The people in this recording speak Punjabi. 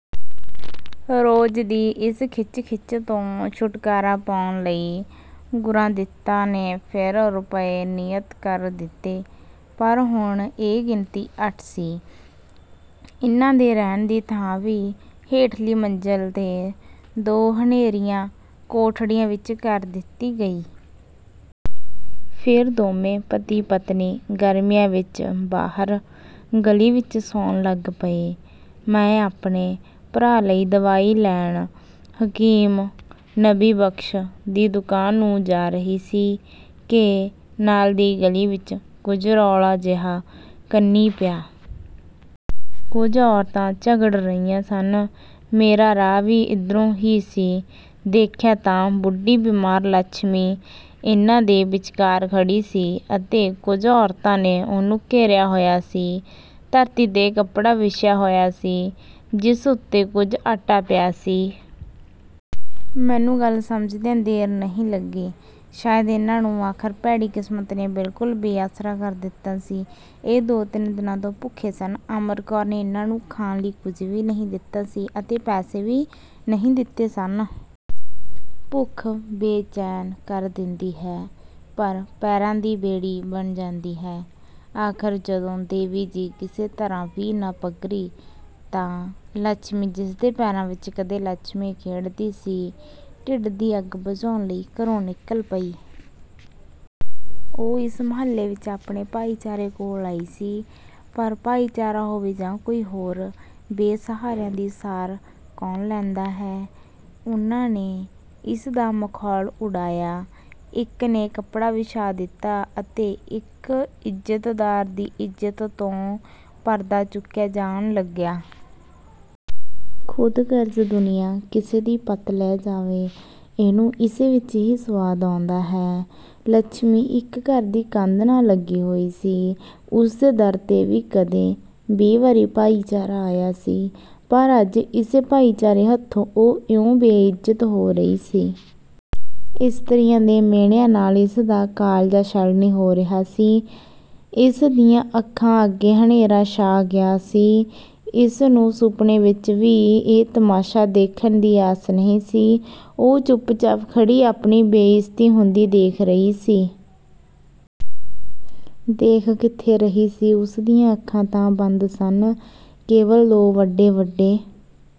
ਰੋਜ਼ ਦੀ ਇਸ ਖਿੱਚ-ਖਿੱਚ ਤੋਂ ਛੁਟਕਾਰਾ ਪਾਉਣ ਲਈ ਗੁਰਾਂਦਿੱਤਾ ਨੇ ਫਿਰ ਰੁਪਏ ਨਿਯਤ ਕਰ ਦਿੱਤੇ, ਪਰ ਹੁਣ ਇਹ ਗਿਣਤੀ ਅੱਠ ਸੀ। ਇਨ੍ਹਾਂ ਦੇ ਰਹਿਣ ਲਈ ਥਾਂ ਵੀ ਹੇਠਲੀ ਮੰਜ਼ਿਲ 'ਤੇ ਦੋ ਹਨੇਰੀਆਂ ਕੋਠੜੀਆਂ ਵਿੱਚ ਕਰ ਦਿੱਤੀ ਗਈ। ਫਿਰ ਦੋਵੇਂ ਪਤੀ-ਪਤਨੀ ਗਰਮੀਆਂ ਵਿੱਚ ਬਾਹਰ ਗਲੀ ਵਿੱਚ ਸੌਣ ਲੱਗ ਪਏ। ਮੈਂ ਆਪਣੇ ਭਰਾ ਲਈ ਦਵਾਈ ਲੈਣ ਹਕੀਮ ਨਬੀ ਬਖ਼ਸ਼ ਦੀ ਦੁਕਾਨ ਨੂੰ ਜਾ ਰਹੀ ਸੀ ਕਿ ਨਾਲ ਦੀ ਗਲੀ ਵਿੱਚ ਕੁਝ ਰੌਲਾ ਜਿਹਾ ਕੰਨੀਂ ਪਿਆ। ਕੁਝ ਔਰਤਾਂ ਝਗੜ ਰਹੀਆਂ ਸਨ। ਮੇਰਾ ਰਾਹ ਵੀ ਇਧਰੋਂ ਹੀ ਸੀ। ਦੇਖਿਆ ਤਾਂ ਬੁੱਢੀ ਬਿਮਾਰ ਲੱਛਮੀ ਇਨ੍ਹਾਂ ਦੇ ਵਿਚਕਾਰ ਖੜ੍ਹੀ ਸੀ ਅਤੇ ਕੁਝ ਔਰਤਾਂ ਨੇ ਉਹਨੂੰ ਘੇਰਿਆ ਹੋਇਆ ਸੀ। ਧਰਤੀ 'ਤੇ ਕੱਪੜਾ ਵਿਛਿਆ ਹੋਇਆ ਸੀ ਜਿਸ ਉੱਤੇ ਕੁਝ ਆਟਾ ਪਿਆ ਸੀ। ਮੈਨੂੰ ਗੱਲ ਸਮਝਦਿਆਂ ਦੇਰ ਨਹੀਂ ਲੱਗੀ। ਸ਼ਾਇਦ ਇਨ੍ਹਾਂ ਨੂੰ ਆਖਰ ਭੈੜੀ ਕਿਸਮਤ ਨੇ ਬਿਲਕੁਲ ਬੇਆਸਰਾ ਕਰ ਦਿੱਤਾ ਸੀ। ਇਹ ਦੋ-ਤਿੰਨ ਦਿਨ ਦੇ ਭੁੱਖੇ ਸਨ। ਅਮਰ ਕੌਰ ਨੇ ਇਨ੍ਹਾਂ ਨੂੰ ਖਾਣ ਲਈ ਕੁਝ ਨਹੀਂ ਦਿੱਤਾ ਸੀ ਅਤੇ ਪੈਸੇ ਵੀ ਨਹੀਂ ਦਿੱਤੇ ਸਨ। ਭੁੱਖ ਬੇਚੈਨ ਕਰ ਦਿੰਦੀ ਹੈ, ਪਰ ਪੈਰਾਂ ਦੀ ਬੇੜੀ ਬਣ ਜਾਂਦੀ ਹੈ। ਆਖਰ ਜਦੋਂ ਦੇਵੀ ਜੀ ਕਿਸੇ ਤਰ੍ਹਾਂ ਵੀ ਨਾ ਪੰਘਰੀ ਤਾਂ ਲੱਛਮੀ, ਜਿਸ ਦੇ ਪੈਰਾਂ ਵਿੱਚ ਕਦੇ ਲੱਛਮੀ ਖੇਡਦੀ ਸੀ, ਢਿੱਡ ਦੀ ਅੱਗ ਬੁਝਾਉਣ ਲਈ ਘਰੋਂ ਨਿਕਲ ਪਈ। ਉਹ ਇਸ ਮੁਹੱਲੇ ਵਿੱਚ ਆਪਣੇ ਭਾਈਚਾਰੇ ਕੋਲ ਆਈ, ਪਰ ਭਾਈਚਾਰਾ ਹੋਵੇ ਜਾਂ ਕੋਈ ਹੋਰ, ਬੇ-ਸਹਾਰਿਆਂ ਦੀ ਸਾਰ ਕੌਣ ਲੈਂਦਾ ਹੈ। ਉਨ੍ਹਾਂ ਨੇ ਇਸ ਦਾ ਮਖੌਲ ਉਡਾਇਆ। ਇੱਕ ਨੇ ਕੱਪੜਾ ਵਿਛਾ ਦਿੱਤਾ ਅਤੇ ਇੱਕ ਇੱਜ਼ਤਦਾਰ ਦੀ ਇੱਜ਼ਤ ਤੋਂ ਪਰਦਾ ਚੁੱਕਿਆ ਜਾਣ ਲੱਗਿਆ। ਖ਼ੁਦਗਰਜ਼ ਦੁਨੀਆਂ, ਕਿਸੇ ਦੀ ਪਤ ਲਹਿ ਜਾਵੇ, ਇਹਨੂੰ ਇਸੇ ਵਿੱਚ ਹੀ ਸੁਆਦ ਆਉਂਦਾ ਹੈ। ਲੱਛਮੀ ਇੱਕ ਘਰ ਦੀ ਕੰਧ ਨਾਲ ਲੱਗੀ ਹੋਈ ਸੀ। ਉਸ ਦੇ ਦਰ 'ਤੇ ਵੀ ਕਦੇ ਵੀਹ ਵਾਰੀ ਭਾਈਚਾਰਾ ਆਇਆ ਸੀ, ਪਰ ਅੱਜ ਇਸੇ ਭਾਈਚਾਰੇ ਹੱਥੋਂ ਉਹ ਇਉਂ ਬੇਇਜ਼ਤ ਹੋ ਰਹੀ ਸੀ। ਇਸਤਰੀਆਂ ਦੇ ਮਿਹਣਿਆਂ ਨਾਲ ਇਸ ਦਾ ਕਾਲਜਾ ਛਲਣੀ ਹੋ ਰਿਹਾ ਸੀ। ਇਸ ਦੀਆਂ ਅੱਖਾਂ ਅੱਗੇ ਹਨੇਰਾ ਛਾ ਗਿਆ ਸੀ। ਇਸ ਨੂੰ ਸੁਪਨੇ ਵਿੱਚ ਵੀ ਇਹ ਤਮਾਸ਼ਾ ਦੇਖਣ ਦੀ ਆਸ ਨਹੀਂ ਸੀ। ਉਹ ਚੁੱਪ-ਚਾਪ ਖੜ੍ਹੀ ਆਪਣੀ ਬੇਇਜ਼ਤੀ ਹੁੰਦੀ ਦੇਖ ਰਹੀ ਸੀ। ਦੇਖ ਕਿੱਥੇ ਰਹੀ ਸੀ, ਉਸ ਦੀਆਂ ਅੱਖਾਂ ਤਾਂ ਬੰਦ ਸਨ, ਕੇਵਲ ਦੋ ਵੱਡੇ-ਵੱਡੇ